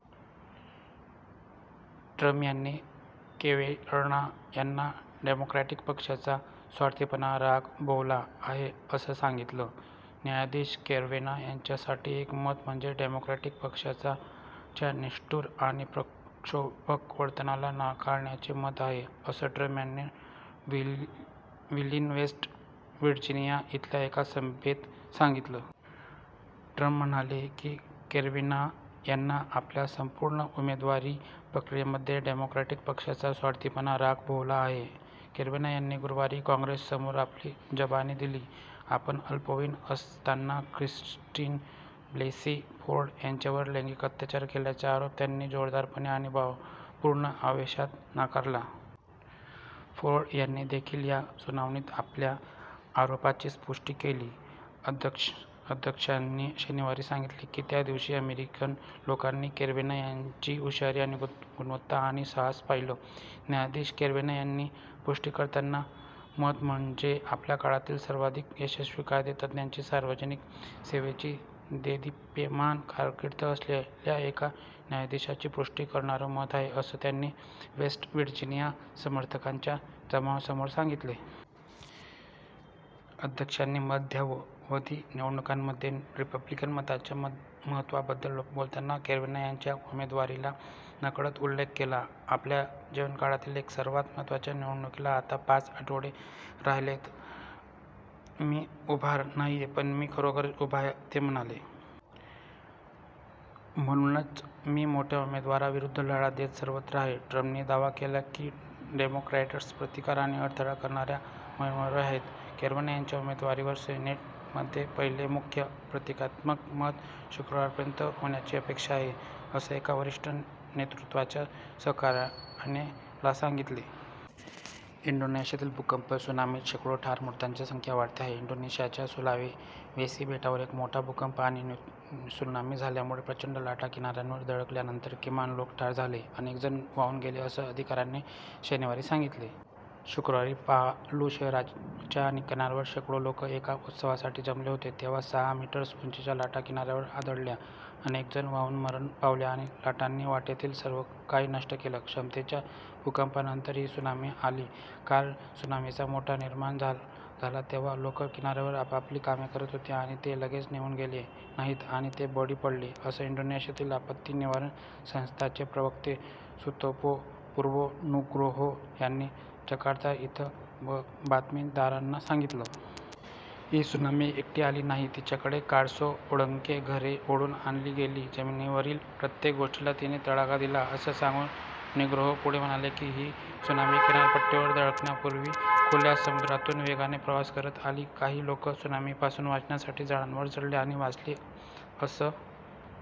Trump यांनी Kavanaugh यांना Democratic पक्षाचा 'स्वार्थीपणा, राग' भोवला आहे असं सांगितलं. "न्यायाधीश केवेनॉ यांच्यासाठी एक मत म्हणजे डेमोक्रॅटिक पक्षाच्या निष्ठुर आणि प्रक्षोभक वर्तनाला नाकारण्याचे मत आहे," असं ट्रम्प यांनी व्हीलिंग, वेस्ट वर्जिनिया इथल्या एका सभेत सांगितलं. ट्रम्प म्हणाले की केवेनॉ यांना त्यांच्या संपूर्ण उमेदवारी प्रक्रियेमध्ये डेमोक्रॅटिक पक्षाचा "स्वार्थीपणा, राग" भोवला आहे. केवेनॉ यांनी गुरूवारी काँग्रेससमोर आपली जबानी दिली, आपण अल्पवयीन असताना ख्रिस्टीन ब्लेसी फोर्ड यांच्यावर लैंगिक अत्याचार केल्याचा आरोप त्यांनी जोरदारपणे आणि भावपूर्ण आवेशात नाकारला. फोर्ड यांनी देखील या सुनावणीत आपल्या आरोपाची पुष्टि केली. अध्यक्षांनी शनिवारी सांगितले की त्या दिवशी "अमेरिकन लोकांनी केवेनॉ यांची हुशारी आणि गुणवत्ता आणि साहस" पाहिलं. "न्यायाधीश केवेनॉ यांची पुष्टि करणारं मत म्हणजे आपल्या काळातील सर्वाधिक यशस्वी कायदे तज्ञाची, सार्वजनिक सेवेची देदीप्यमान कारकीर्द असलेल्या एका न्यायाधीशाची पुष्टि करणारं मत आहे," असं त्यांनी वेस्ट वर्जिनिया समर्थकांच्या जमावासमोर सांगितलं. अध्यक्षांनी मध्यावधी निवडणुकांमध्ये रिपब्लिकन मतांच्या महत्वाबद्दल बोलताना केवेनॉ यांच्या उमेदवारीचा नकळत उल्लेख केला. आपल्या जीवनकाळातील एका सर्वात महत्वाच्या निवडणुकीला आता पाच आठवडे राहिले आहेत. मी उभा नाहीये, पण मी खरोखरच उभा आहे," ते म्हणाले. "म्हणूनच मी मोठ्या उमेदवारांविरुद्ध लढा देत सर्वत्र आहे. " ट्रम्पनी दावा केली की डेमोक्रॅट्स "प्रतिकार आणि अडथळा" करण्याच्या मोहिमेवर आहेत. केवेनॉ यांच्या उमेदवारीवर सिनेटमध्ये पहिले मुख्य प्रक्रियात्मक मत शुक्रवारपर्यंत होण्याची अपेक्षा आहे, असं एका वरिष्ठ नेतृत्वाच्या सहकाऱ्याने ला सांगितले. इंडोनेशियातील भूकंप, त्सुनामीत शेकडो ठार, मृतांची संख्या वाढते आहे इंडोनेशियाच्या सुलावेसी बेटावर एक मोठा भूकंप आणि त्सुनामी झाल्यामुळे प्रचंड लाटा किनाऱ्यांवर धडकल्यानंतर, किमान लोक ठार झाले, अनेकजण वाहून गेले असं अधिकाऱ्यांनी शनिवारी सांगितले. शुक्रवारी पालु शहराच्या किनाऱ्यावर शेकडो लोक एका उत्सवासाठी जमले होते तेव्हा सहा मीटर्स उंचीच्या लाटा किनाऱ्यावर आदळल्या, अनेकजण वाहून मरण पावले आणि लाटांनी वाटेतील सर्वकाही नष्ट केलं. क्षमतेच्या भूकंपानंतर ही त्सुनामी आली. "काल त्सुनामीचा धोका निर्माण झाला तेव्हा, लोक किनाऱ्यावर आपापली कामे करत होते आणि ते लगेच निघून गेले नाहीत आणि ते बळी पडले," असं इंडोनेशियाची आपत्ती निवारण संस्था चे प्रवक्ते सुतोपो पुर्वो नुग्रोहो यांनी जकार्ता इथं बातमीदारांना सांगितलं. "ही त्सुनामी एकटी आली नाही, तिच्यामध्ये कार्स, ओंडके, घरे, ओढून आणली गेली, जमिनीवरील प्रत्येक गोष्टीला तिने तडाखा दिला," असं सांगून नुग्रोहो पुढे म्हणाले, की ही त्सुनामी किनारपट्टीवर धडकण्यापूर्वी खुल्या समुद्रातून वेगाने प्रवास करुन आली. काही लोक त्सुनामीपासून वाचण्यासाठी झाडांवर चढले आणि वाचले, असं